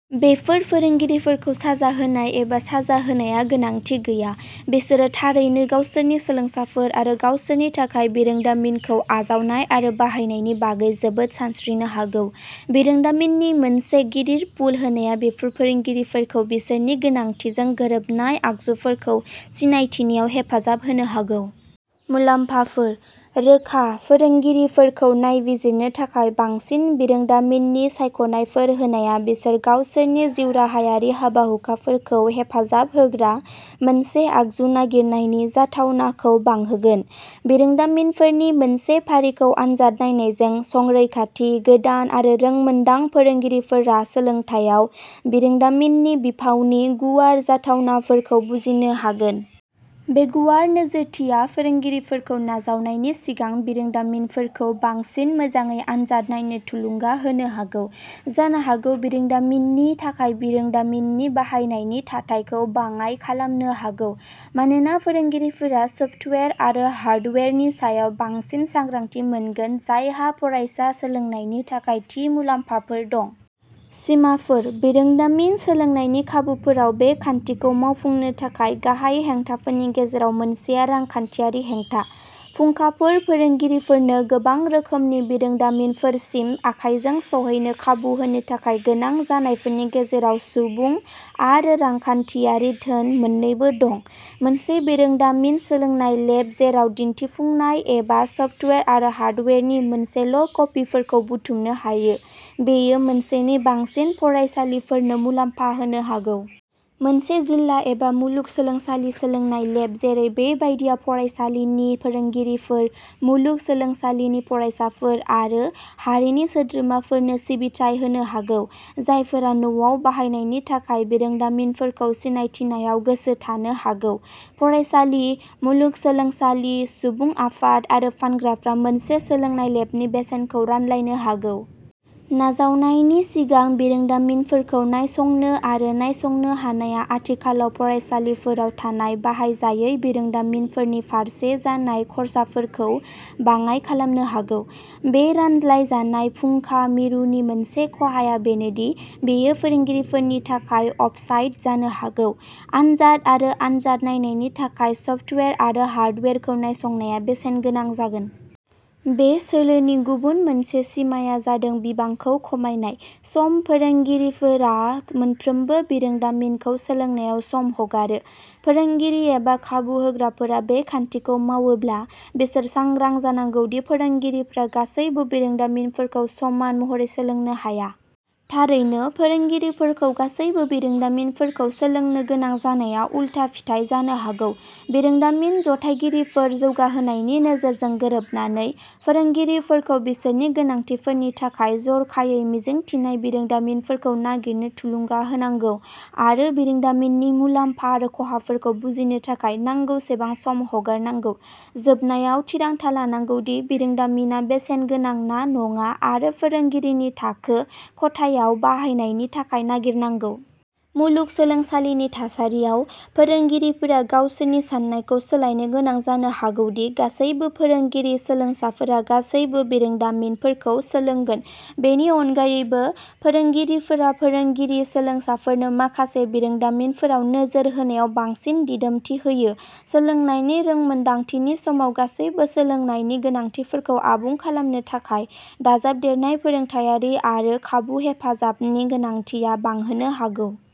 बेफोर फोरोंगिरिफोरखौ साजा होनाय एबा साजा होनाया गोनांथि गैया; बिसोरो थारैनो गावसोरनि सोलोंसाफोर आरो गावसोरनि थाखाय बिरोंदामिनखौ आजावनाय आरो बाहायनायनि बागै जोबोद सानस्रिनो हागौ। बिरोंदामिननि मोनसे गिदिर पुल होनायआ बेफोर फोरोंगिरिफोरखौ बिसोरनि गोनांथिजों गोरोबनाय आगजुफोरखौ सिनायथिनायाव हेफाजाब होनो हागौ। मुलाम्फाफोर। रोखा, फोरोंगिरिफोरखौ नायबिजिरनो थाखाय बांसिन बिरोंदामिननि सायख'नायफोर होनाया बिसोर गावसोरनि जिउराहायारि हाबा-हुखाफोरखौ हेफाजाब होग्रा मोनसे आगजु नागिरनायनि जाथावनाखौ बांहोगोन। बिरोंदामिनफोरनि मोनसे फारिखौ आनजाद नायनायजों, संरैखाथि, गोदान आरो रोंमोन्दां फोरोंगिरिफोरा सोलोंथायाव बिरोंदामिननि बिफावनि गुवार जाथावनाफोरखौ बुजिनो हागोन। बे गुवार नोजोरथिया फोरोंगिरिफोरखौ नाजावनायनि सिगां बिरोंदामिनफोरखौ बांसिन मोजाङै आनजाद नायनो थुलुंगा होनो हागौ, जानो हागौ बिरोंदामिननि थाखाय बिरोंदामिननि बाहायनायनि थाथायखौ बाङाइ खालामनो हागौ, मानोना फोरोंगिरिफोरा सफ्टवेयार आरो हार्डवेयारनि सायाव बांसिन सांग्रांथि मोनगोन जायहा फरायसा सोलोंनायनि थाखाय थि मुलाम्फाफोर दं। सिमाफोर। बिरोंदामिन-सोलोंनायनि खाबुफोराव बे खान्थिखौ मावफुंनो थाखाय गाहाय हेंथाफोरनि गेजेराव मोनसेआ रांखान्थियारि हेंथा। फुंखाफोर फोरोंगिरिफोरनो गोबां रोखोमनि बिरोंदामिनफोरसिम आखायजों सौहैनो खाबु होनो थाखाय गोनां जानायफोरनि गेजेराव सुबुं आरो रांखान्थियारि धोन मोन्नैबो दं। मोनसे बिरोंदामिन सोलोंनाय लेब जेराव दिन्थिफुंनाय एबा सफ्टवेयार आरो हार्डवेयारनि मोनसेल'कपिफोरखौ बुथुमनो हायो, बेयो मोनसेनि बांसिन फरायसालिफोरनो मुलाम्फा होनो हागौ। मोनसे जिल्ला एबा मुलुग सोलोंसालि सोलोंनाय लेब जेरै बे बायदिआ फरायसालिनि फोरोंगिरिफोर, मुलुग सोलोंसालिनि फरायसाफोर आरो ा हारिनि सोद्रोमाफोरनो सिबिथाय होनो हागौ, जायफोरा न'आव बाहायनायनि थाखाय बिरोंदामिनफोरखौ सिनायथिनायाव गोसो थानो हागौ। फरायसालि, मुलुगसोलोंसालि, सुबुं आफाद आरो फानग्राफ्रा मोनसे सोलोंनाय लेबनि बेसेनखौ रानलायनो हागौ। नाजावनायनि सिगां बिरोंदामिनफोरखौ नायसंनो आरो नायसंनो हानायआ आथिखालाव फरायसालिफोराव थानाय बाहायजायै बिरोंदामिनफोरनि फारसे जानाय खर्साफोरखौ बाङाय खालामनो हागौ। बे रानलायजानाय फुंखा मिरुनि मोनसे खहाया बेनो दि बेयो फोरोंगिरिफोरनि थाखाय अफसाइट जानो हागौ। आनजाद आरो आनजाद नायनायनि थाखाय सफ्टवेयार आरो हार्डवेयारखौ नायसंनाया बेसेनगोनां जागोन। बे सोलोनि गुबुन मोनसे सिमाआ जादों बिबांखौ खमायनाय। सम फोरोंगिरिफोरा मोनफ्रोमबो बिरोंदामिनखौ सोलोंनायाव सम हगारो। फोरोंगिरि एबा खाबु होग्राफोरा बे खान्थिखौ मावोब्ला, बिसोर सांग्रां जानांगौ दि फोरोंगिरिफोरा गासैबो बिरोंदामिनफोरखौ समान महरै सोलोंनो हाया। थारैनो, फोरोंगिरिफोरखौ गासैबो बिरोंदामिनफोरखौ सोलोंनो गोनां जानाया उलथा फिथाय जानो हागौ। बिरोंदामिन जथायगिरिफोर जौगाहोनायनि नोजोरजों गोरोबनानै, फोरोंगिरिफोरखौ बिसोरनि गोनांथिफोरनि थाखाय जरखायै मिजिं थिनाय बिरोंदामिनफोरखौ नागिरनो थुलुंगा होनांगौ आरो बिरोंदामिननि मुलाम्फा आरो खहाफोरखौ बुजिनो थाखाय नांगौसेबां सम हगारनांगौ, जोबनायाव थिरांथा लानांगौ दि बिरोंदामिनआ बेसेनगोनां ना नङा आरो फोरोंगिरिनि थाखो खथायाव बाहायनायनि थाखाय नागिरनांगौ। मुलुग सोलोंसालिनि थासारियाव, फोरोंगिरिफोरा गावसोरनि सान्नायखौ सोलायनो गोनां जानो हागौ दि गासैबो फोरोंगिरि-सोलोंसाफोरा गासैबो बिरोंदामिनफोरखौ सोलोंगोन। बेनि अनगायैबो, फोरोंगिरिफोरा फोरोंगिरि-सोलोंसाफोरनो माखासे बिरोंदामिनफोराव नोजोर होनायाव बांसिन दिदोमथि होयो, सोलोंनायनि रोंमोनदांथिनि समाव गासैबो सोलोंनायनि गोनांथिफोरखौ आबुं खालामनो थाखाय दाजाबदेरनाय फोरोंथायारि आरो खाबु हेफाजाबनि गोनांथिआ बांहोनो हागौ।